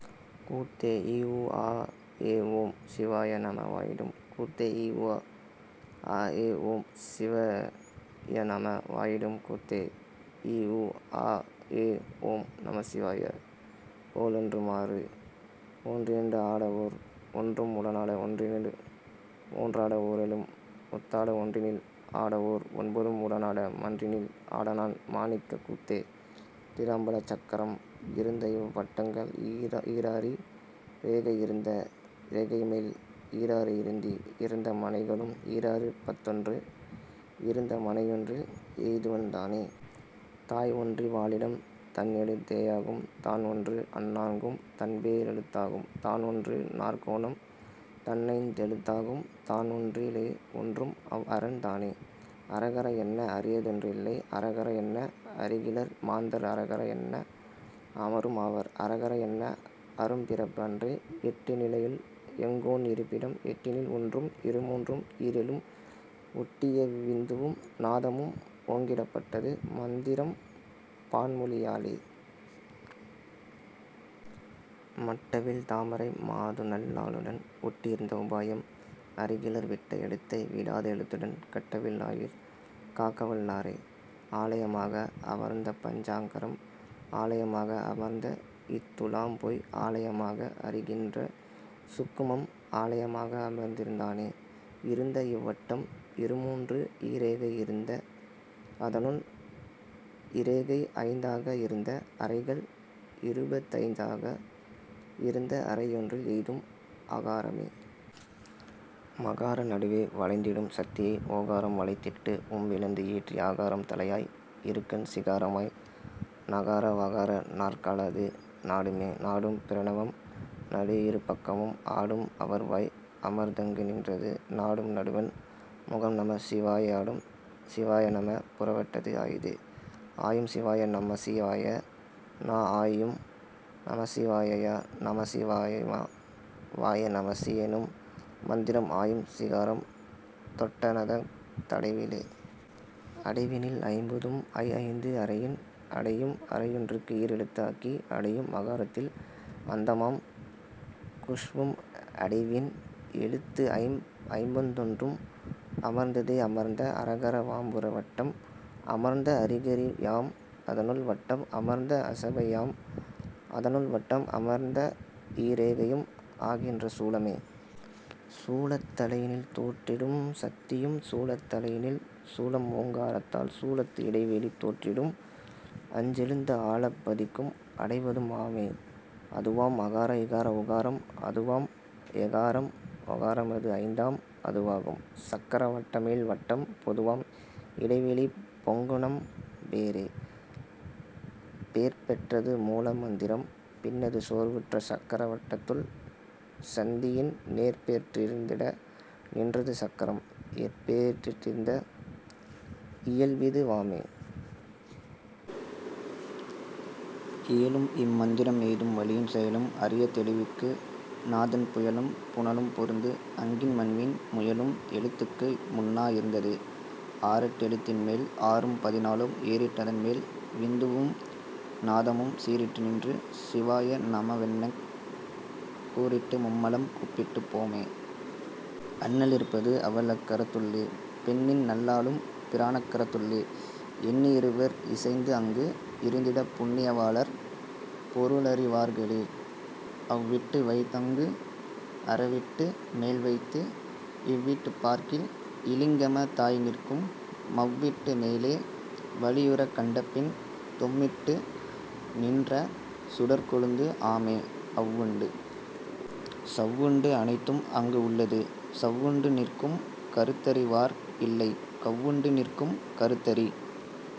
கூத்தே ஈஊஆஏஓம் சிவாய நம வாயிடும் கூத்தே ஈஊஆஏஓம் சிவயநம வாயிடும் கூத்தே இஊஆஏஓம் நமசிவாய கோளொன்று மாறே. ஒன்றிரண்டு ஆடவோர் ஒன்றும் உடனாட ஒன்றிரண்டு மூன்றாட ஓரேழும் ஒத்தாட ஒன்றினில் ஆடவோர் ஒன்பதும் உடனாட மன்றினில் ஆடனான் மாணிக்கக் கூத்தே.. திருஅம்பலச் சக்கரம் இருந்தஇவ் வட்டங்கள் ஈராறி ரேகை இருந்த இரேகைமேல் ஈராறு இருத்தி இருந்த மனைகளும் ஈராறு பத்தொன்று இருந்த மனையொன்றில் எய்துவன் தானே. தான்ஒன்றி வாழிடம் தன்எழுத் தேயாகும் தான்ஒன்றும் அந்நான்கும் தன்பே ரெழுத்தாகும் தான்ஒன்று நாற்கோணம் தன்ஐந் தெழுத்தாகும் தான்ஒன்றி லேஒன்றும் அவ்அரன் தானே. அரகர என்ன அரியதொன்று இல்லை அரகர என்ன அறிகிலர் மாந்தர் அரகர என்ன அமரும் ஆவர் அரகர என்ன அறும்பிறப்பு அன்றே. எட்டு நிலையுள் எங்கோன் இருப்பிடம் எட்டினில் ஒன்றும் இருமூன்றும் ஈரேழும் ஒட்டிய விந்துவும் நாதமும் ஓங்கிடப் பட்டது மந்திரம் பான்மொழி யாலே. மட்டவிழ் தாமரை மாதுநல் லாளுடன் ஒட்டி இருந்த உபாயம் அறிகிலர் விட்ட எழுத்தை விடாத எழுத்துடன் கட்டவில் லாருயிர் காக்கவல் லாரே. ஆலய மாக அமர்ந்தபஞ் சாக்கரம் ஆலய மாக அமர்ந்தஇத் தூலம்போய் ஆலய மாக அறிகின்ற சூக்குமம் ஆலய மாக அமர்ந்திருந் தானே. இருந்த இவ்வட்டம் இருமூன்றுஇ ரேகை இருந்த அதனுள் இரேகை ஐந்தாக இருந்த அறைகள் இருபத்துஐஞ் சாக இருந்த அறையொன்றில் எய்தும் அகாரமே. மகார நடுவே வளைத்திடும் சத்தியை ஓகாரம் வளைத்திட்டு உம்பிளந்து ஏற்றி அகாரம் தலையாய் இருகண் சிகாரமாய் நகார வகாரநற் காலது நாடுமே. நாடும் பிரணவம் நடுஇரு பக்கமும் ஆடும் அவர்வாய் அமர்ந்தங்கு நின்றது நாடும் நடுவண் முகம்நம சிவாய ஆடும் சிவாயநம புறவட்டத்து ஆயதே. ஆயும் சிவாய நமமசி வாயந ஆயும் நமசிவா யயநம சிவா வாயுமே வாய நமசியெனும் மந்திரம் ஆயும் சிகாரம் தொட்டநதத் தடைவிலே. அடைவினில் ஐம்பதும் ஐஐந்து அறையின் அடையும் அறையொன்றுக்கு ஈரெழுத்து ஆக்கி அடையும் மகாரத்தில் அந்தமாம் க்ஷவ்வும் அடைவின் எழுத்துஐம் பத்தொன்றும் அமர்ந்ததே. அமர்ந்த அரகர வாம்புற வட்டம் அமர்ந்த அரிகரி யாம் அதனுள் வட்டம் அமர்ந்த அசபை யாம் அதனுள்வட்டம் அமர்ந்தஇ ரேகையும் ஆகின்ற சூலமே. சூலத் தலையினில் தோற்றிடும் சத்தியும் சூலத் தலையினில் சூழும்ஓங் காரத்தால் சூலத்து இடைவெளி தோற்றிடும் அஞ்செழுத்து ஆலப் பதிக்கும் அடைவதும் ஆமே. அதுவாம் அகார இகார உகாரம் அதுவாம் எகாரம் ஓகாரமது ஐந்தாம் அதுவாகும் சக்கர வட்டமேல் வட்டம் பொதுவாம் இடைவெளி பொங்குநம் பேரே. பேர்பெற் றதுமூல மந்திரம் பின்னது சோர்வுற்ற சக்கர வட்டத்துள் சந்தியின் நேர்பெற் றிருந்திட நின்றது சக்கரம் ஏர்பெற் றிற்ந்த இயல்பிது வாமே. இயலும் இம் மந்திரம் எய்தும் வழியின் செயலும் அறியத் தெளிவிக்கு நாதன் புயலும் புனலும் பொருந்துஅங்கி மண்விண் முயலும் எழுத்துக்கு முன்னா இருந்ததே. ஆறெட்டு எழுத்தின்மேல் ஆறும் பதினாலும் ஏறிட்டு அதன்மேல் விந்துவும் நாதமும் சீறிட்டு நின்று சிவாய நமவென்னக் கூறிட்டு மும்மலம் கூப்பிட்டுப் போமே. அண்ணல் இருப்பது அவள்அக் கரத்துளே பெண்ணின்நல் லாளும் பிரானக் கரத்துளே எண்ணி இருவர் இசைந்துஅங்கு இருந்திடப் புண்ணிய வாளர் பொருளறி வார்களே. அவ்விட்டு வைத்தங்கு அரவிட்டு மேல்வைத்து இவ்விட்டுப் பார்க்கில் இலிங்கம தாய்நிற்கும் மவ்விட்டு மேலே வளியுறக் கண்டபின் தொம்மிட்டு நின்ற சுடர்க்கொழுந்து ஆமே. அவ்வுண்டு சவ்வுண்டு அனைத்தும் அங்கு உள்ளது சவ்வுண்டு நிற்கும் கருத்தறி வார்இல்லை கவ்வுண்டு நிற்கும் கருத்தறி